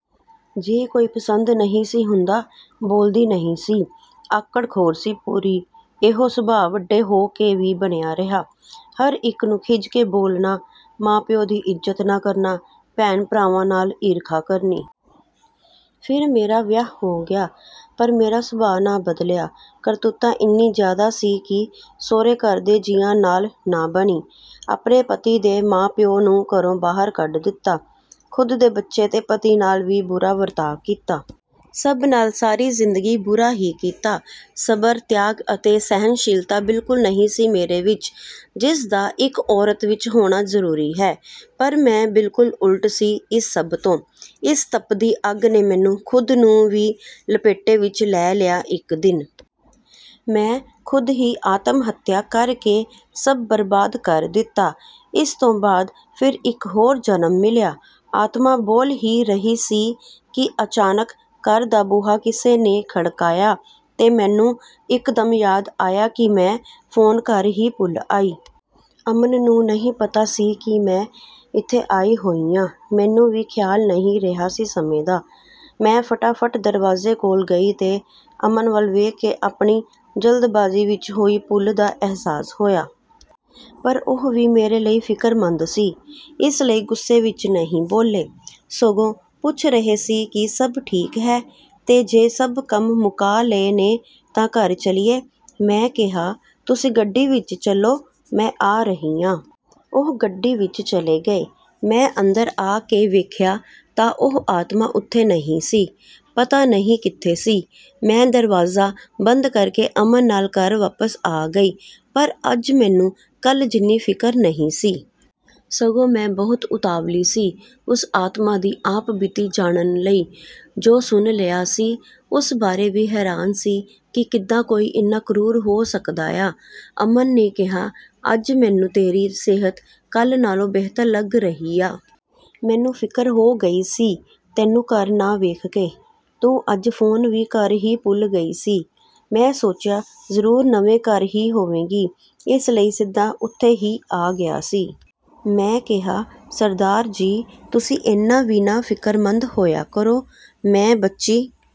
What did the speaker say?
ਜੋ ਕੋਈ ਪਸੰਦ ਨਹੀਂ ਸੀ ਹੁੰਦਾ, ਬੋਲਦੀ ਨਹੀਂ ਸੀ। ਆਕੜਖੋਰ ਸੀ ਪੂਰੀ। ਐਹੋ ਸੁਭਾਅ ਵੱਡੇ ਹੋ ਕੇ ਵੀ ਬਣਿਆ ਰਿਹਾ। ਹਰ ਇੱਕ ਨੂੰ ਖਿਝ ਕੇ ਬੋਲਣਾ, ਮਾਂ-ਪਿਉ ਦੀ ਇੱਜ਼ਤ ਨਾ ਕਰਨਾ, ਭੈਣ-ਭਰਾਵਾਂ ਨਾਲ ਈਰਖਾ ਕਰਨੀ। ਫਿਰ ਮੇਰਾ ਵਿਆਹ ਹੋ ਗਿਆ ਪਰ ਮੇਰਾ ਸੁਭਾਅ ਨਾ ਬਦਲਿਆ। ਕਰੂਰਤਾ ਇੰਨੀ ਜ਼ਿਆਦਾ ਸੀ ਕਿ ਸੋਹਰੇ ਘਰ ਦੇ ਜੀਆਂ ਨਾਲ ਨਾ ਬਣੀ। ਆਪਣੇ ਪਤੀ ਦੇ ਮਾਂ-ਪਿਉ ਨੂੰ ਘਰੋਂ ਬਾਹਰ ਕੱਢ ਦਿੱਤਾ। ਖੁਦ ਦੇ ਬੱਚੇ ਤੇ ਪਤੀ ਨਾਲ ਵੀ ਬੁਰਾ ਵਰਤਾਅ ਕੀਤਾ। ਸਭ ਨਾਲ ਸਾਰੀ ਜ਼ਿੰਦਗੀ ਬੁਰਾ ਹੀ ਕੀਤਾ। ਸਬਰ, ਤਿਆਗ ਅਤੇ ਸਹਿਣਸ਼ੀਲਤਾ ਬਿਲਕੁਲ ਨਹੀਂ ਸੀ ਮੇਰੇ ਵਿੱਚ, ਜਿਸ ਦਾ ਇੱਕ ਔਰਤ ਵਿੱਚ ਹੋਣਾ ਜ਼ਰੂਰੀ ਹੈ। ਪਰ ਮੈਂ ਬਿਲਕੁਲ ਉਲਟ ਸੀ ਇਸ ਸਭ ਤੋਂ। ਇਸ ਤੱਪਦੀ ਅੱਗ ਨੇ ਮੈਨੂੰ ਖੁਦ ਨੂੰ ਵੀ ਲਪੇਟੇ ਵਿੱਚ ਲੈ ਲਿਆ ਇੱਕ ਦਿਨ। ਮੈਂ ਖੁਦ ਹੀ ਆਤਮ-ਹੱਤਿਆ ਕਰ ਕੇ ਸਭ ਬਰਬਾਦ ਕਰ ਦਿੱਤਾ। ਉਸ ਤੋਂ ਬਾਅਦ ਫਿਰ ਇੱਕ ਹੋਰ ਜਨਮ ਮਿਲਿਆ। ਆਤਮਾ ਬੋਲ ਹੀ ਰਹੀ ਸੀ ਕਿ ਅਚਾਨਕ ਘਰ ਦਾ ਬੂਹਾ ਕਿਸੇ ਨੇ ਖੜਕਾਇਆ ਤੇ ਮੈਨੂੰ ਇਕਦਮ ਯਾਦ ਆਇਆ ਕਿ ਮੈਂ ਫੋਨ ਘਰ ਹੀ ਭੁੱਲ ਆਈ। ਅਮਨ ਨੂੰ ਨਹੀਂ ਪਤਾ ਸੀ ਕਿ ਮੈਂ ਇੱਥੇ ਆਈ ਹੋਈ ਆ। ਮੈਨੂੰ ਵੀ ਖਿਆਲ ਨਹੀਂ ਰਿਹਾ ਸੀ ਸਮੇਂ ਦਾ। ਮੈਂ ਫਟਾਫਟ ਦਰਵਾਜ਼ੇ ਕੋਲ ਗਈ ਤੇ ਅਮਨ ਵੱਲ ਵੇਖ ਕੇ ਆਪਣੀ ਜਲਦਬਾਜ਼ੀ ਵਿੱਚ ਹੋਈ ਭੁੱਲ ਦਾ ਅਹਿਸਾਸ ਹੋਇਆ। ਪਰ ਉਹ ਵੀ ਮੇਰੇ ਲਈ ਫਿਕਰਮੰਦ ਸੀ। ਇਸ ਲਈ ਗੁੱਸੇ ਵਿੱਚ ਨਹੀਂ ਬੋਲੇ, ਸਗੋਂ ਪੁੱਛ ਰਹੇ ਸੀ ਕਿ ਸਭ ਠੀਕ ਹੈ, ਤੇ ਜੇ ਸਭ ਕੰਮ ਮੁਕਾ ਲਏ ਨੇ ਤਾਂ ਘਰ ਚੱਲੀਏ। ਮੈਂ ਕਿਹਾ, "ਤੁਸੀਂ ਗੱਡੀ ਵਿੱਚ ਚਲੋ, ਮੈਂ ਆ ਰਹੀ ਆ।" ਉਹ ਗੱਡੀ ਵਿੱਚ ਚਲੇ ਗਏ। ਮੈਂ ਅੰਦਰ ਆ ਕੇ ਵੇਖਿਆ ਤਾਂ ਉਹ ਆਤਮਾ ਉੱਥੇ ਨਹੀਂ ਸੀ। ਪਤਾ ਨਹੀਂ ਕਿੱਥੇ ਸੀ। ਮੈਂ ਦਰਵਾਜ਼ਾ ਬੰਦ ਕਰ ਕੇ ਅਮਨ ਨਾਲ ਘਰ ਵਾਪਸ ਆ ਗਈ। ਪਰ ਅੱਜ ਮੈਨੂੰ ਕੱਲ੍ਹ ਜਿੰਨੀ ਫ਼ਿਕਰ ਨਹੀਂ ਸੀ। ਸਗੋਂ ਮੈਂ ਬਹੁਤ ਉਤਾਵਲੀ ਸੀ ਉਸ ਆਤਮਾ ਦੀ ਆਪਬੀਤੀ ਜਾਣਨ ਲਈ। ਜੋ ਸੁਣ ਲਿਆ ਸੀ, ਉਸ ਬਾਰੇ ਵੀ ਹੈਰਾਨ ਸੀ ਕਿ ਕਿੱਦਾਂ ਕੋਈ ਇੰਨਾ ਕ੍ਰੂਰ ਹੋ ਸਕਦਾ ਆ। ਅਮਨ ਨੇ ਕਿਹਾ, "ਅੱਜ ਮੈਨੂੰ ਤੇਰੀ ਸਿਹਤ ਕੱਲ੍ਹ ਨਾਲੋਂ ਬਿਹਤਰ ਲੱਗ ਰਹੀ ਆ। ਮੈਨੂੰ ਫ਼ਿਕਰ ਹੋ ਗਈ ਸੀ ਤੈਨੂੰ ਘਰ ਨਾ ਵੇਖ ਕੇ। ਤੂੰ ਅੱਜ ਫੋਨ ਵੀ ਘਰ ਹੀ ਭੁੱਲ ਗਈ ਸੀ। ਮੈਂ ਸੋਚਿਆ ਜ਼ਰੂਰ ਨਵੇਂ ਘਰ ਹੀ ਹੋਵੇਗੀ, ਇਸ ਲਈ ਸਿੱਧਾ ਉੱਥੇ ਹੀ ਆ ਗਿਆ ਸੀ।" ਮੈਂ ਕਿਹਾ, "ਸਰਦਾਰ ਜੀ, ਤੁਸੀਂ ਏਨਾਂ ਵੀ ਨਾ ਫਿਕਰਮੰਦ ਹੋਇਆ ਕਰੋ। ਮੈਂ ਬੱਚੀ"